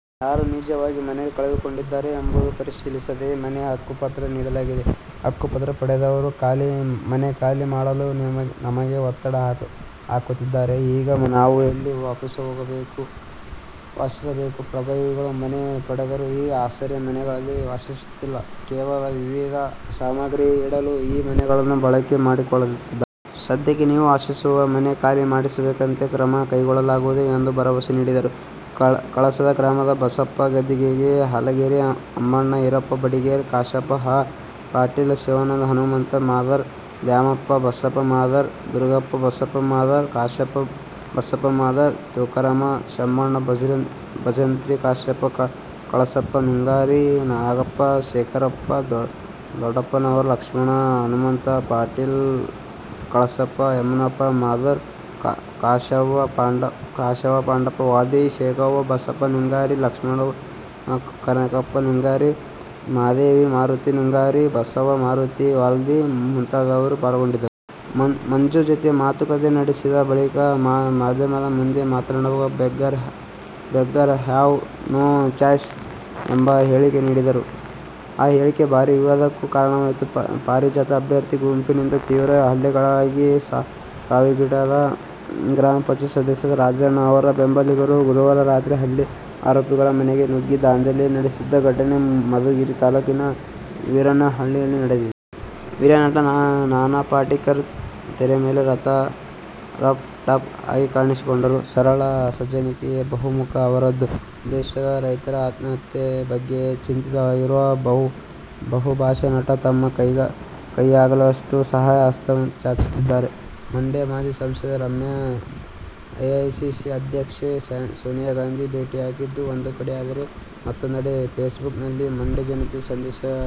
ಯಾರು ನಿಜವಾಗಿ ಮನೆ ಕಳೆದುಕೊಂಡಿದ್ದಾರೆ ಎಂಬುದು ಪರಿಶೀಲಿಸದೇ ಮನೆ ಹಕ್ಕುಪತ್ರ ನೀಡಲಾಗಿದೆ. ಹಕ್ಕುಪತ್ರ ಪಡೆದವರು ಮನೆ ಖಾಲಿ ಮಾಡಲು ನಮಗೆ ಒತ್ತಡ ಹಾಕುತ್ತಿದ್ದಾರೆ. ಈಗ ನಾವು ಎಲ್ಲಿ ವಾಸಿಸಬೇಕು. ಪ್ರಭಾವಿಗಳು ಮನೆ ಪಡೆದರೂ ಈ ಆಸರೆ ಮನೆಗಳಲ್ಲಿ ವಾಸಿಸುತ್ತಿಲ್ಲ. ಕೇವಲ ವಿವಿಧ ಸಾಮಗ್ರಿ ಇಡಲು ಈ ಮನೆಗಳನ್ನು ಬಳಕೆ ಮಾಡಿಕೊಳ್ಳುತ್ತಿದ್ದಾರೆ. ಸಧ್ಯಕ್ಕೆ ನೀವು ವಾಸಿಸುವ ಮನೆ ಖಾಲಿ ಮಾಡಿಸದಂತೆ ಕ್ರಮ ಕೈಗೊಳ್ಳಲಾಗುವುದು ಎಂದು ಭರವಸೆ ನೀಡಿದರು. ಕಳಸದ ಗ್ರಾಮದ ಬಸಪ್ಪ ಗದಿಗೆಪ್ಪ ಹಾಲಗೇರಿ, ಅಂಬಣ್ಣ ಈರಪ್ಪ ಬಡಿಗೇರ, ಕಾಶಪ್ಪ ಹ. ಪಾಟೀಲ, ಶಿವಾನಂದ ಹನುಮಂತ ಮಾದರ, ದ್ಯಾಮಪ್ಪ ಬಸಪ್ಪ ಮಾದರ, ದುರ್ಗಪ್ಪ ಬಸಪ್ಪ ಮಾದರ, ಕಾಶಪ್ಪ ಬಸಪ್ಪ ಮಾದರ, ತುಕಾರಾಮ ಶಂಬಣ್ಣ ಭಜಂತ್ರಿ, ಕಾಶಪ್ಪ ಕಳಸಪ್ಪ ನುಂಗಾರಿ, ನಾಗಪ್ಪ ಶೇಖರಪ್ಪ ದೊಡ್ಡಪ್ಪನವರ, ಲಕ್ಷ್ಮಣ ಹನುಮಂತ ಪಾಟೀಲ, ಕಳಸಪ್ಪ ಯಮನಪ್ಪ ಮಾದರ, ಕಾಶವ್ವ ಪಾಂಡಪ್ಪ ವಾಲ್ದಿ, ಶೇಖವ್ವ ಬಸಪ್ಪ ನುಂಗಾರಿ, ಲಕ್ಷ್ಮವ್ವ ಕನಕಪ್ಪ ನುಂಗಾರಿ, ಮಹಾದೇವಿ ಮಾರುತಿ ನುಂಗಾರಿ, ಬಸವ್ವ ಮಾರುತಿ ವಾಲ್ದಿ ಮುಂತಾದವರು ಪಾಲ್ಗೊಂಡಿದ್ದರು. ಮಂಜು ಜತೆ ಮಾತುಕತೆ ನಡೆಸಿದ ಬಳಿಕ, ಮಾಧ್ಯಮದ ಮುಂದೆ ಮಾತನಾಡುವಾಗ, "ಬೆಗ್ಗರ್ ಹ್ಯಾವ್ ನೋ ಚಾಯ್ಸ' ಎಂಬ ಹೇಳಿಕೆ ನೀಡಿದರು. ಆ ಹೇಳಿಕೆ ಭಾರೀ ವಿವಾದಕ್ಕೂ ಕಾರಣವಾಯಿತು. ಪರಾಜಿತ ಅಭ್ಯರ್ಥಿ ಗುಂಪಿನಿಂದ ತೀವ್ರ ಹಲ್ಲೆಗೊಳಗಾಗಿ ಸಾವಿಗೀಡಾದ ಗ್ರಾ. ಪಂ. ಸದಸ್ಯ ರಾಜಣ್ಣ ಅವರ ಬೆಂಬಲಿಗರು ಗುರುವಾರ ರಾತ್ರಿ ಹಲ್ಲೆ ಆರೋಪಿಗಳ ಮನೆಗೆ ನುಗ್ಗಿ ದಾಂಧಲೆ ನಡೆಸಿದ ಘಟನೆ ಮಧುಗಿರಿ ತಾಲೂಕಿನ ವೀರಣ್ಣನಹಳ್ಳಿಯಲ್ಲಿ ನಡೆದಿದೆ. ಹಿರಿಯ ನಟ ನಾನಾ ಪಾಟೇಕರ್ ತೆರೆ ಮೇಲೆ ರಫ್ ಟಫ್ ಆಗಿ ಕಾಣಿಸಿಕೊಂಡರು ಸರಳ ಸಜ್ಜನಿಕೆಯ ಬಹುಮುಖ ಅವರದ್ದು. ದೇಶದ ರೈತರ ಆತ್ಮಹತ್ಯೆ ಬಗ್ಗೆ ಚಿಂತಿತರಾಗಿರುವ ಈ ಬಹುಭಾಷಾ ನಟ ತಮ್ಮ ಕೈಯಲ್ಲಾಗುವಷ್ಟು ಸಹಾಯ ಹಸ್ತ ಚಾಚುತ್ತಿದ್ದಾರೆ. ಮಂಡ್ಯ ಮಾಜಿ ಸಂಸದೆ ರಮ್ಯಾ ಎಐಸಿಸಿ ಅಧ್ಯಕ್ಷೆ ಸೋನಿಯಾ ಗಾಂಧಿ ಭೇಟಿಯಾಗಿದ್ದು ಒಂದು ಕಡೆಯಾದರೆ ಮತ್ತೊಂದೆಡೆ ಫೇಸ್ ಬುಕ್ ನಲ್ಲಿ ಮಂಡ್ಯ ಜನತೆಗೆ ಸಂದೇಶ ರವಾನಿಸಿದ್ದಾರೆ.